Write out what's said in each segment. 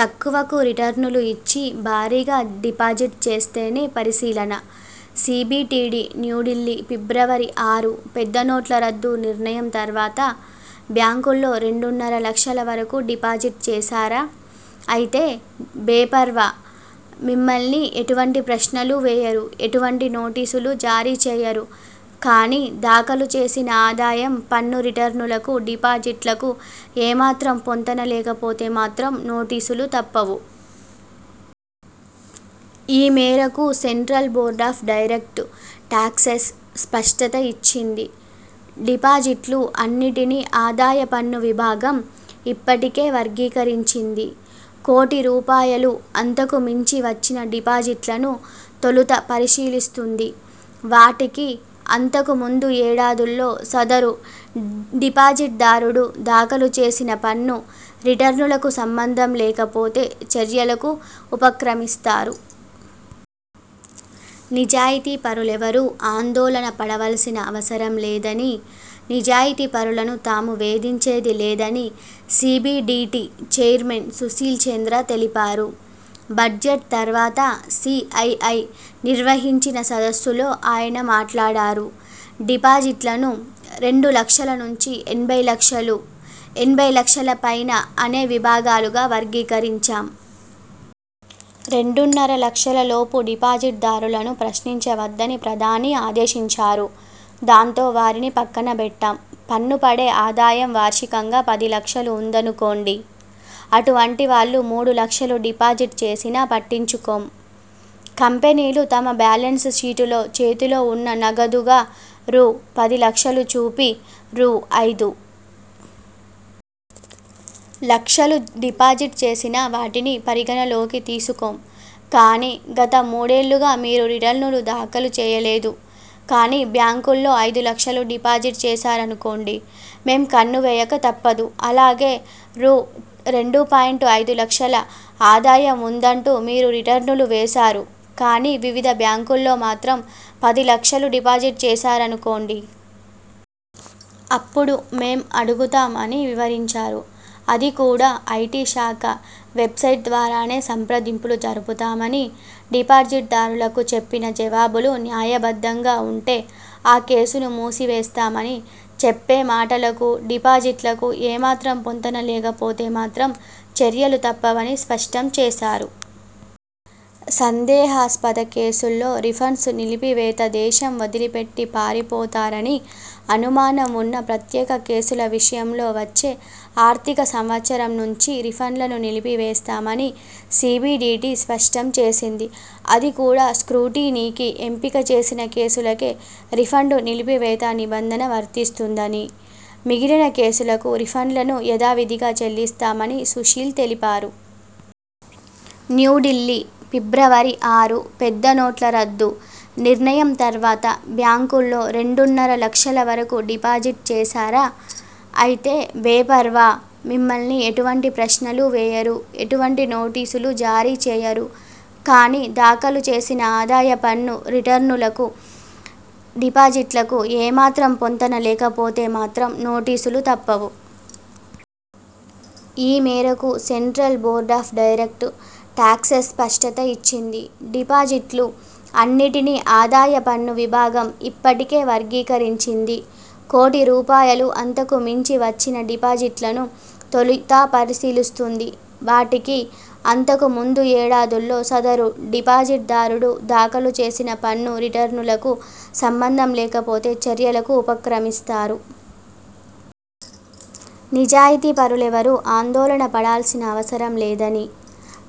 తక్కువకు రిటర్నులు ఇచ్చి భారీగా డిపాజిట్ చేస్తేనే పరిశీలన: సీబీటీడీ న్యూఢిల్లీ, ఫిబ్రవరి ఆరు: పెద్ద నోట్ల రద్దు నిర్ణయం తర్వాత బ్యాంకుల్లో రెండున్నర లక్షల వరకూ డిపాజిట్ చేశారా!? అయితే, బేపర్వా! మిమ్మల్ని ఎటువంటి ప్రశ్నలూ వేయరు. ఎటువంటి నోటీసులూ జారీ చేయరు. కానీ, దాఖలు చేసిన ఆదాయం పన్ను రిటర్నులకు, డిపాజిట్లకు ఏమాత్రం పొంతన లేకపోతే మాత్రం నోటీసులు తప్పవు! ఈ మేరకు central board of direct taxes స్పష్టత ఇచ్చింది. డిపాజిట్లు అన్నిటినీ ఆదాయ పన్ను విభాగం ఇప్పటికే వర్గీకరించింది. కోటి రూపాయలు అంతకు మించి వచ్చిన డిపాజిట్లను తొలుత పరిశీలిస్తుంది. వాటికి, అంతకు ముందు ఏడాదుల్లో సదరు డిపాజిట్దారుడు దాఖలు చేసిన పన్ను రిటర్నులకు సంబంధం లేకపోతే, చర్యలకు ఉపక్రమిస్తారు. నిజాయతీపరులెవరూ ఆందోళన పడవల్సిన అవసరం లేదని, నిజాయతీపరులను తాము వేధించేది లేదని సీబీడీటీ చైర్మన్ సుశీల్ చంద్ర తెలిపారు. బడ్జెట్ తర్వాత సీఐఐ నిర్వహించిన సదస్సులో ఆయన మాట్లాడారు. ''డిపాజిట్లను రెండు లక్షల నుంచి ఎనభై లక్షలు; ఎనభై లక్షల పైన అనే విభాగాలుగా వర్గీకరించాం. రెండున్నర లక్షలలోపు డిపాజిట్దారులను ప్రశ్నించవద్దని ప్రధాని ఆదేశించారు. దాంతో వారిని పక్కనబెట్టాం. పన్ను పడే ఆదాయం వార్షికంగా పది లక్షలు ఉందనుకోండి. అటువంటి వాళ్లు మూడు లక్షలు డిపాజిట్ చేసినా పట్టించుకోం. కంపెనీలు తమ బ్యాలెన్స్ షీటులో చేతిలో ఉన్న నగదుగా రూ.పది లక్షలు చూపి, రూ.ఐదు లక్షలు డిపాజిట్ చేసినా వాటిని పరిగణనలోకి తీసుకోం. కానీ, గత మూడేళ్లుగా మీరు రిటర్నులు దాఖలు చేయలేదు. కానీ, బ్యాంకుల్లో ఐదు లక్షలు డిపాజిట్ చేశారనుకోండి. మేం కన్ను వేయక తప్పదు. అలాగే, రూ.రెండు .ఐదు లక్షల ఆదాయం ఉందంటూ మీరు రిటర్నులు వేశారు. కానీ, వివిధ బ్యాంకుల్లో మాత్రం పది లక్షలు డిపాజిట్ చేశారనుకోండి। అప్పుడు మేం అడుగుతాం'' అని వివరించారు. అది కూడా ఐటీ శాఖ వెబ్సైట్ ద్వారానే సంప్రదింపులు జరుపుతామని, డిపాజిట్దారులకు చెప్పిన జవాబులు న్యాయబద్ధంగా ఉంటే ఆ కేసును మూసి వేస్తామని, చెప్పే మాటలకు, డిపాజిట్లకు ఏమాత్రం పొంతన లేకపోతే మాత్రం చర్యలు తప్పవని స్పష్టం చేశారు. సందేహాస్పద కేసుల్లో రిఫండ్స్ నిలిపివేత దేశం వదిలిపెట్టి పారిపోతారని అనుమానం ఉన్న ప్రత్యేక కేసుల విషయంలో వచ్చే ఆర్థిక సంవత్సరం నుంచి రిఫండ్లను నిలిపివేస్తామని సీబీడీటీ స్పష్టం చేసింది. అది కూడా స్ర్కూటినీకి ఎంపిక చేసిన కేసులకే రిఫండ్ నిలిపివేత నిబంధన వర్తిస్తుందని, మిగిలిన కేసులకు రిఫండ్లను యథావిధిగా చెల్లిస్తామని సుశీల్ తెలిపారు. న్యూఢిల్లీ, ఫిబ్రవరి ఆరు: పెద్ద నోట్ల రద్దు నిర్ణయం తర్వాత బ్యాంకుల్లో రెండున్నర లక్షల వరకూ డిపాజిట్ చేశారా!? అయితే, బేపర్వా! మిమ్మల్ని ఎటువంటి ప్రశ్నలూ వేయరు. ఎటువంటి నోటీసులూ జారీ చేయరు. కానీ, దాఖలు చేసిన ఆదాయ పన్ను రిటర్నులకు, డిపాజిట్లకు ఏమాత్రం పొంతన లేకపోతే మాత్రం నోటీసులు తప్పవు! ఈ మేరకు central board of direct taxes స్పష్టత ఇచ్చింది. డిపాజిట్లు అన్నిటినీ ఆదాయ పన్ను విభాగం ఇప్పటికే వర్గీకరించింది. కోటి రూపాయలు అంతకు మించి వచ్చిన డిపాజిట్లను తొలితా పరిశీలిస్తుంది. వాటికి, అంతకు ముందు ఏడాదుల్లో సదరు డిపాజిట్దారుడు దాఖలు చేసిన పన్ను రిటర్నులకు సంబంధం లేకపోతే, చర్యలకు ఉపక్రమిస్తారు. నిజాయతీపరులెవరూ ఆందోళన పడాల్సిన అవసరం లేదని,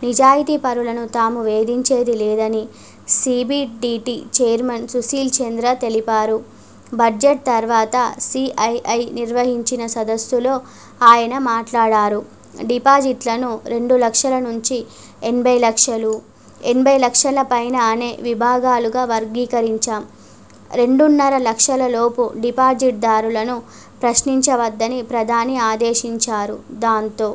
నిజాయతీపరులను తాము వేధించేది లేదని సీబీడీటీ చైర్మన్ సుశీల్ చంద్ర తెలిపారు. బడ్జెట్ తర్వాత సీఐఐ నిర్వహించిన సదస్సులో ఆయన మాట్లాడారు. ''డిపాజిట్లను రెండు లక్షల నుంచి ఎనభై లక్షలు; ఎనభై లక్షల పైన అనే విభాగాలుగా వర్గీకరించాం. రెండున్నర లక్షలలోపు డిపాజిట్దారులను ప్రశ్నించవద్దని ప్రధాని ఆదేశించారు. దాంతో